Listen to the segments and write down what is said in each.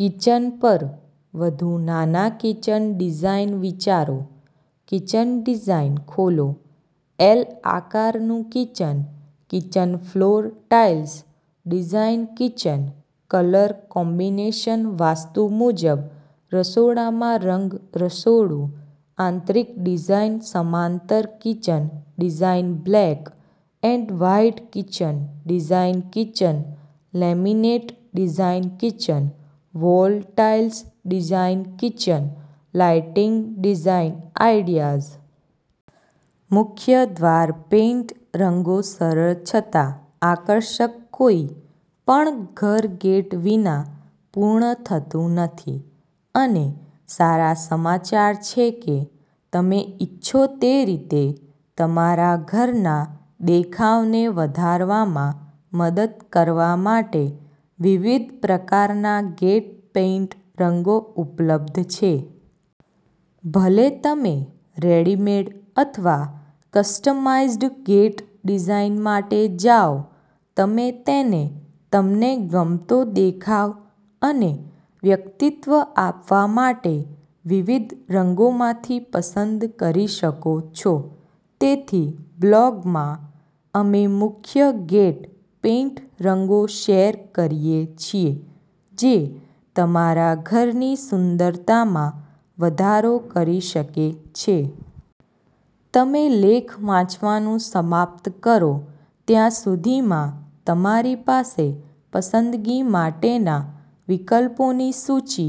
Kitchen પર વધુ નાના કિચન ડિઝાઇન વિચારો કિચન ડિઝાઇન ખોલો એલ આકારનું kitchen kitchen floor tiles design kitchen colour combination vastu મુજબ રસોડામાં રંગ રસોડું આંતરિક ડિઝાઇન સમાંતર kitchen design black and white kitchen design kitchen laminate design kitchen wall tiles design kitchen lighting design ideas+.. મુખ્ય દ્વાર પેઇન્ટ રંગોસરળ છતાં આકર્ષક કોઈ પણ ઘર ગેટ વિના પૂર્ણ થતું નથી, અને સારા સમાચારછે કે તમે ઇચ્છો તે રીતે તમારા ઘરના દેખાવને વધારવામાં મદદ કરવા માટે વિવિધ પ્રકારના ગેટ પેઇન્ટ રંગો ઉપલબ્ધ છે. ભલે તમે રેડીમેડ અથવા કસ્ટમાઇઝ્ડ ગેટ ડિઝાઇન માટે જાઓ, તમે તેને તમને ગમતો દેખાવ અને વ્યક્તિત્વ આપવા માટે વિવિધ રંગોમાંથી પસંદ કરી શકો છો. તેથી, બ્લોગમાં, અમે મુખ્ય ગેટ પેઇન્ટ રંગો શેર કરીએ છીએ જે તમારા ઘરની સુંદરતામાં વધારો કરી શકે છે. તમેલેખ વાંચવાનું સમાપ્ત કરો ત્યાં સુધીમાં, તમારી પાસે પસંદગી માટેના વિકલ્પોની સૂચિ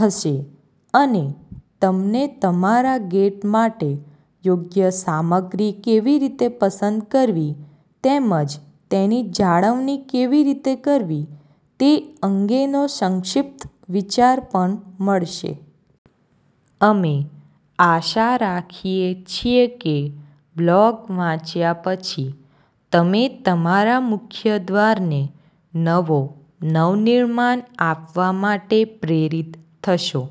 હશે, અને તમને તમારા ગેટ માટે યોગ્ય સામગ્રી કેવી રીતે પસંદ કરવી તેમજ તેની જાળવણી કેવી રીતે કરવી તે અંગેનો સંક્ષિપ્ત વિચાર પણ મળશે. અમે આશા રાખીએ છીએ કેબ્લોગ વાંચ્યા પછી તમે તમારા મુખ્ય દ્વારને નવો નવનિર્માણ આપવા માટે પ્રેરિત થશો!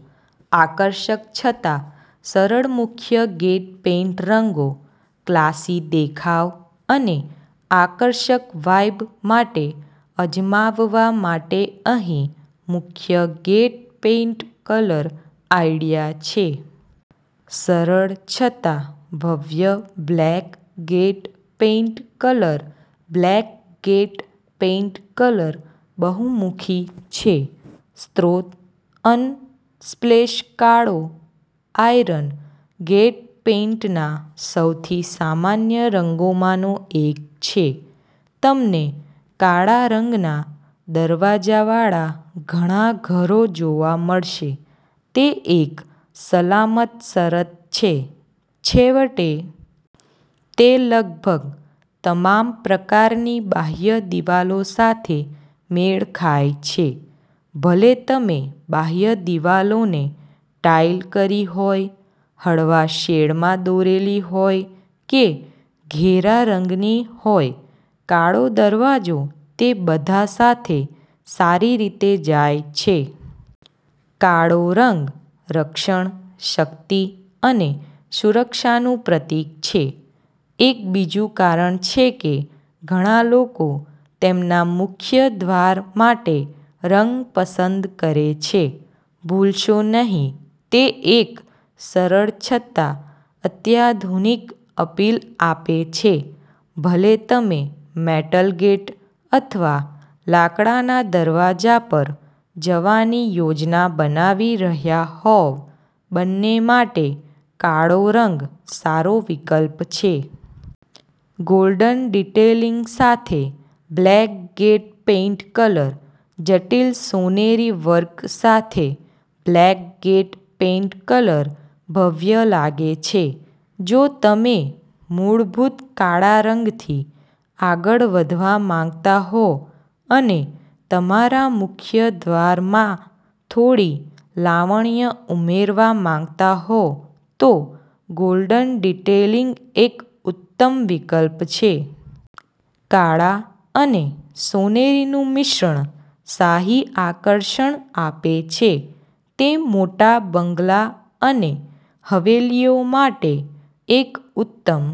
આકર્ષક છતાં સરળ મુખ્ય ગેટ પેઇન્ટ રંગો ક્લાસી દેખાવ અને આકર્ષક વાઇબ માટે અજમાવવા માટે અહીં મુખ્ય ગેટ પેઇન્ટ કલર આઇડિયા છે. સરળ છતાં ભવ્ય black gate paint colour black gate paint colour બહુમુખી છે સ્રોતઅનસ્પ્લેશકાળોઆયર્ન ગેટ પેઇન્ટના સૌથી સામાન્ય રંગોમાંનો એક છે. તમને કાળા રંગના દરવાજાવાળા ઘણા ઘરો જોવા મળશે. તે એક સલામત શરત છે, છેવટે. તે લગભગ તમામ પ્રકારની બાહ્ય દિવાલો સાથે મેળ ખાય છે. ભલે તમે બાહ્ય દિવાલોને ટાઇલ કરી હોય, હળવા શેડમાં દોરેલી હોય કે ઘેરા રંગની હોયકાળો દરવાજો તે બધા સાથે સારી રીતે જાય છે. કાળો રંગ રક્ષણ, શક્તિ અને સુરક્ષાનું પ્રતીક છે. એક બીજું કારણ છે કે ઘણા લોકો તેમના મુખ્ય દ્વાર માટેરંગ પસંદ કરે છે. ભૂલશો નહીં, તે એક સરળ છતાં અત્યાધુનિક અપીલ આપે છે. ભલે તમે મેટલ ગેટ અથવા લાકડાના દરવાજા પર જવાની યોજના બનાવી રહ્યા હોવબંને માટે કાળો રંગ સારો વિકલ્પ છે. ગોલ્ડન ડિટેલિંગ સાથે બ્લેક ગેટ પેઇન્ટ કલર જટિલ સોનેરી વર્ક સાથે બ્લેક ગેટ પેઇન્ટ કલર ભવ્ય લાગે છે જો તમે મૂળભૂત કાળા રંગથી આગળ વધવા માંગતા હો અને તમારા મુખ્ય દ્વારમાં થોડી લાવણ્ય ઉમેરવા માંગતા હો, તો ગોલ્ડન ડિટેલિંગ એક ઉત્તમ વિકલ્પ છે. કાળા અને સોનેરીનું મિશ્રણ શાહી આકર્ષણ આપે છે. તે મોટા બંગલા અને હવેલીઓ માટે એક ઉત્તમ